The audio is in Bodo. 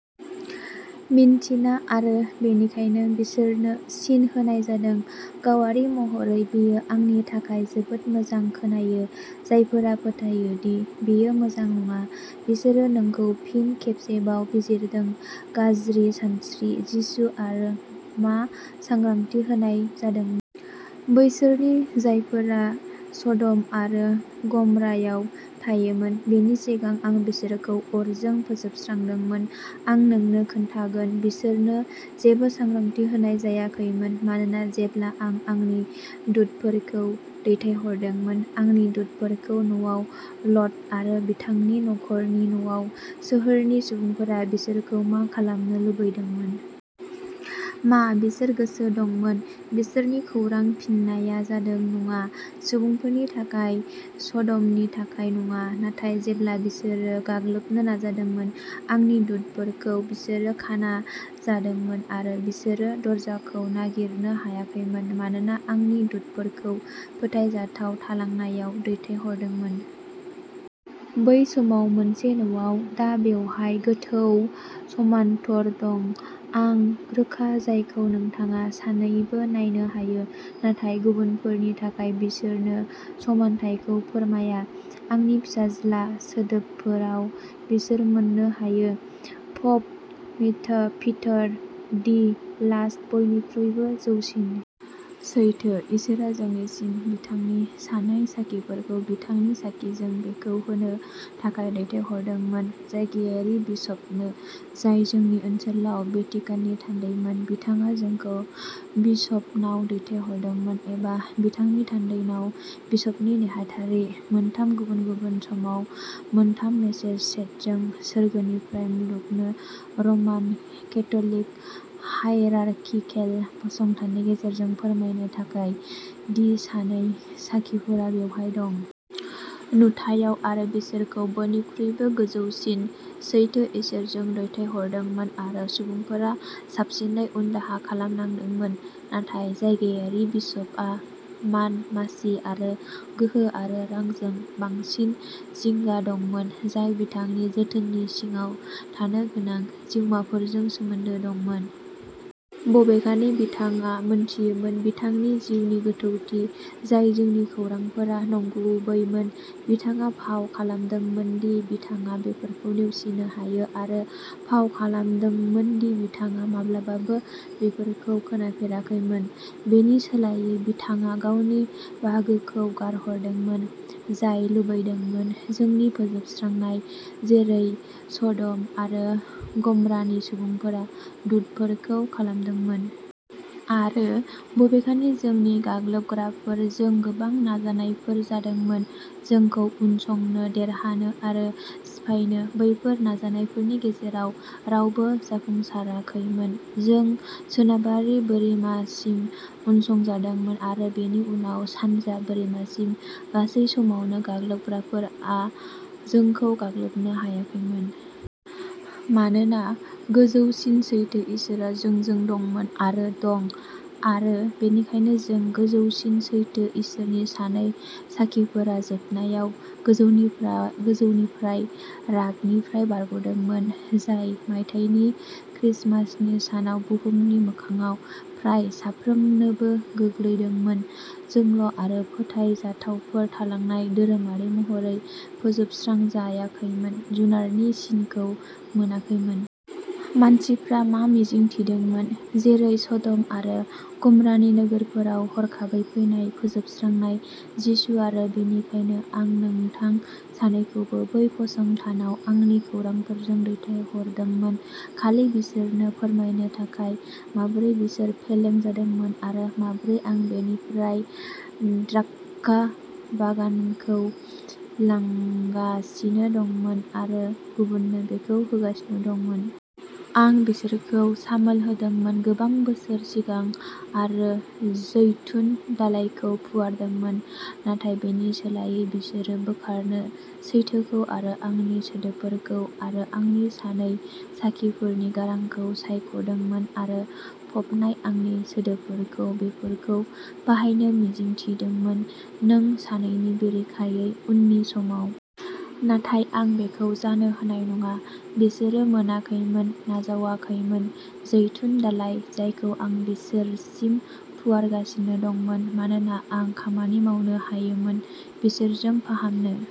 मिन्थिना आरो बेनिखायनो, बिसोरनो सिन होनाय जादों। गावारि महरै बेयो आंनि थाखाय जोबोद मोजां खोनायो। जायफोरा फोथायो दि बेयो मोजां नङा। बिसोरो नोंखौ फिन खेबसेबाव बिजिरदों। गाज्रि सानस्रि जिसु आरो मा सांग्रांथि होनाय जादोंमोन। बैसोरनि जायफोरा सदम आरो गमरायाव थायोमोन। बेनि सिगां आं बिसोरखौ अरजों फोजोबस्रांदोंमोन। आं नोंनो खोन्थागोन बिसोरनो जेबो सांग्रांथि होनाय जायाखैमोन। मानोना जेब्ला आं आंनि दुतफोरखौ दैथायहरदोंमोन। आंनि दुतफोरखौ न'आव लट आरो बिथांनि नखर'नि न'आव सोहोरनि सुबुंफोरा बिसोरखौ मा खालामनो लुबैदोंमोन? मा बिसोर गोसो दंमोन। बिसोरनि खौरां फिननाया जादों नङा। सुबुंफोरनि थाखाय सदमनि थाखाय नङा। नाथाय जेब्ला बिसोरो गाग्लोबनो नाजादोंमोन। आंनि दुतफोरखौ बिसोरो खाना जादोंमोन आरो बिसोरो दरजाखौ नागिरनो हायाखैमोन। मानोना आंनि दुतफोरखौ फोथायजाथाव थालांनायाव दैथायहरदोंमोन। बै समाव मोनसे न'आव दा बेवहाय गोथौ समानटर दं। आं रोखा। जायखौ नोंथाङा सानैबो नायनो हायो। नाथाय गुबुनफोरनि थाखाय बिसोरनो समान्थायखौ फोरमाया। आंनि फिसाज्ला सोदोबफोराव बिसोर मोननो हायो। प'प पिटा पिटार दि लास्ट बयनिख्रुइबो जौसिन। सैथो इसोरआ जोंनिसिम बिथांनि सानै साखिफोरखौ बिथांनि साखिजों बेखौ होनो थाखाय दैथायहरदोंमोन। जायगायारि बिसपनो जाय जोंनि ओनसोलाव भेटिकाननि थान्दैमोन। बिथाङा जोंखौ बिसपनाव दैथायहरदोंमोन एबा बिथांनि थान्दैनाव बिसपनि नेहाथारि मोनथाम गुबुन-गुबुन समाव मोनथाम मेसेज सेटजों सोरगोनिफ्राय मुलुगनो रमान केथ'लिक हाइरारकिकेल फसंथाननि गेजेरजों फोरमायनो थाखाय दि सानै साखिफोरा बेवहाय दं। नुथायाव आरो बिसोरखौ बयनिख्रुइबो गोजौसिन सैथो इसोरजों दैथायहरदोंमोन आरो सुबुंफोरा साबसिनै, उनदाहा खालामनांदोंमोन। नाथाय जायगायारि बिसपआ मान मासि, आरो गोहो आरो रांजों बांसिन जिंगा दंमोन। जाय बिथांनि जोथोननि सिङाव थानो गोनां जिउमाफोरजों सोमोनदो दंमोन। बबेखानि बिथाङा मोनथियोमोन बिथांनि जिउनि गोथौथि जाय जोंनि खौरांफोरा नंगुबैमोन बिथाङा फाव खालामदोंमोन दि बिथाङा बेफोरखौ नेवसिनो हायो आरो फाव खालामदोंमोन दि बिथाङा माब्लाबाबो बेफोरखौ खोनाफेराखैमोन। बेनि सोलायै बिथाङा गावनि बाहागोखौ गारहरदोंमोन। जाय लुबैदोंमोन जोंनि फोजोबस्रांनाय जेरै सदम आरो गमरानि सुबुंफोरा दुतफोरखौ खालामदोंमोन। आरो बबेखानि जोंनि गाग्लोबग्राफोर जों गोबां नाजानायफोर जादोंमोन। जोंखौ उनसंनो देरहानो आरो सिफायनो बैफोर नाजानायफोरनि गेजेराव रावबो जाफुंसाराखैमोन। जों सोनाबारि बोरिमासिम उनसंजादोंमोन आरो बेनि उनाव सानजा बोरिमासिम गासै समावनो गाग्लोबग्राफोर आ जोंखौ गाग्लोबनो हायाखैमोन। मानोना गोजौसिन सैथो इसोरआ जोंजों दंमोन आरो दं। आरो बेनिखायनो जों गोजौसिन सैथो इसोरनि सानै साखिफोरा जोबनायाव गोजौनिफ्रा 'गोजौनिफ्राय रागनिफ्राय बारग'दोंमोन। जाय मायथाइनि क्रिसमासनि सानाव बुहुमनि मोखांआव फ्राय साफ्रोमनोबो गोग्लैदोंमोन। जोंल’ आरो फोथायजाथावफोर थालांनाय धोरोमारि महरै फोजोबस्रांजायाखैमोन जुनारनि सिनखौ मोनाखैमोन। मानसिफ्रा मा मिजिंथिदोंमोन! जेरै सडम आरो गमरानि नोगोरफोराव हरखाबै फैनाय फोजोबस्रांनाय जिसु आरो बेनिखायनो आं नोंथां सानैखौबो बै फसंथानआव आंनि खौरांफोरजों दैथायहरदोंमोन खालि बिसोरनो फोरमायनो थाखाय माबोरै बिसोर फेलें जादोंमोन। आरो माबोरै आं बेनिफ्राय द्राक्षा बागानखौ लांगासिनो दंमोन आरो गुबुननो बेखौ होगासिनो दंमोन। आं बिसोरखौ सामोल होदोंमोन गोबां बोसोर सिगां आरो जैतुन दालाइखौ फुवारदोंमोन। नाथाय बेनि सोलायै बिसोरो बोखारनो सैथोखौ आरो आंनि सोदोबफोरखौ आरो आंनि सानै साखिफोरनि गारां'खौ सायखदोंमोन आरो फबनाय आंनि सोदोबफोरखौ बेफोरखौ बाहायनो मिजिं थिदोंमोन नों सानैनि बेरेखायै उननि समाव। नाथाय आं बेखौ जानो होनाय नङा। बिसोरो मोनाखैमोन नाजावाखैमोन जैतुन दालाइ जायखौ आं बिसोरसिम फुवारगासिनो दंमोन। मानोना आं खामानि मावनो हायोमोन। बिसोरजों फाहामनो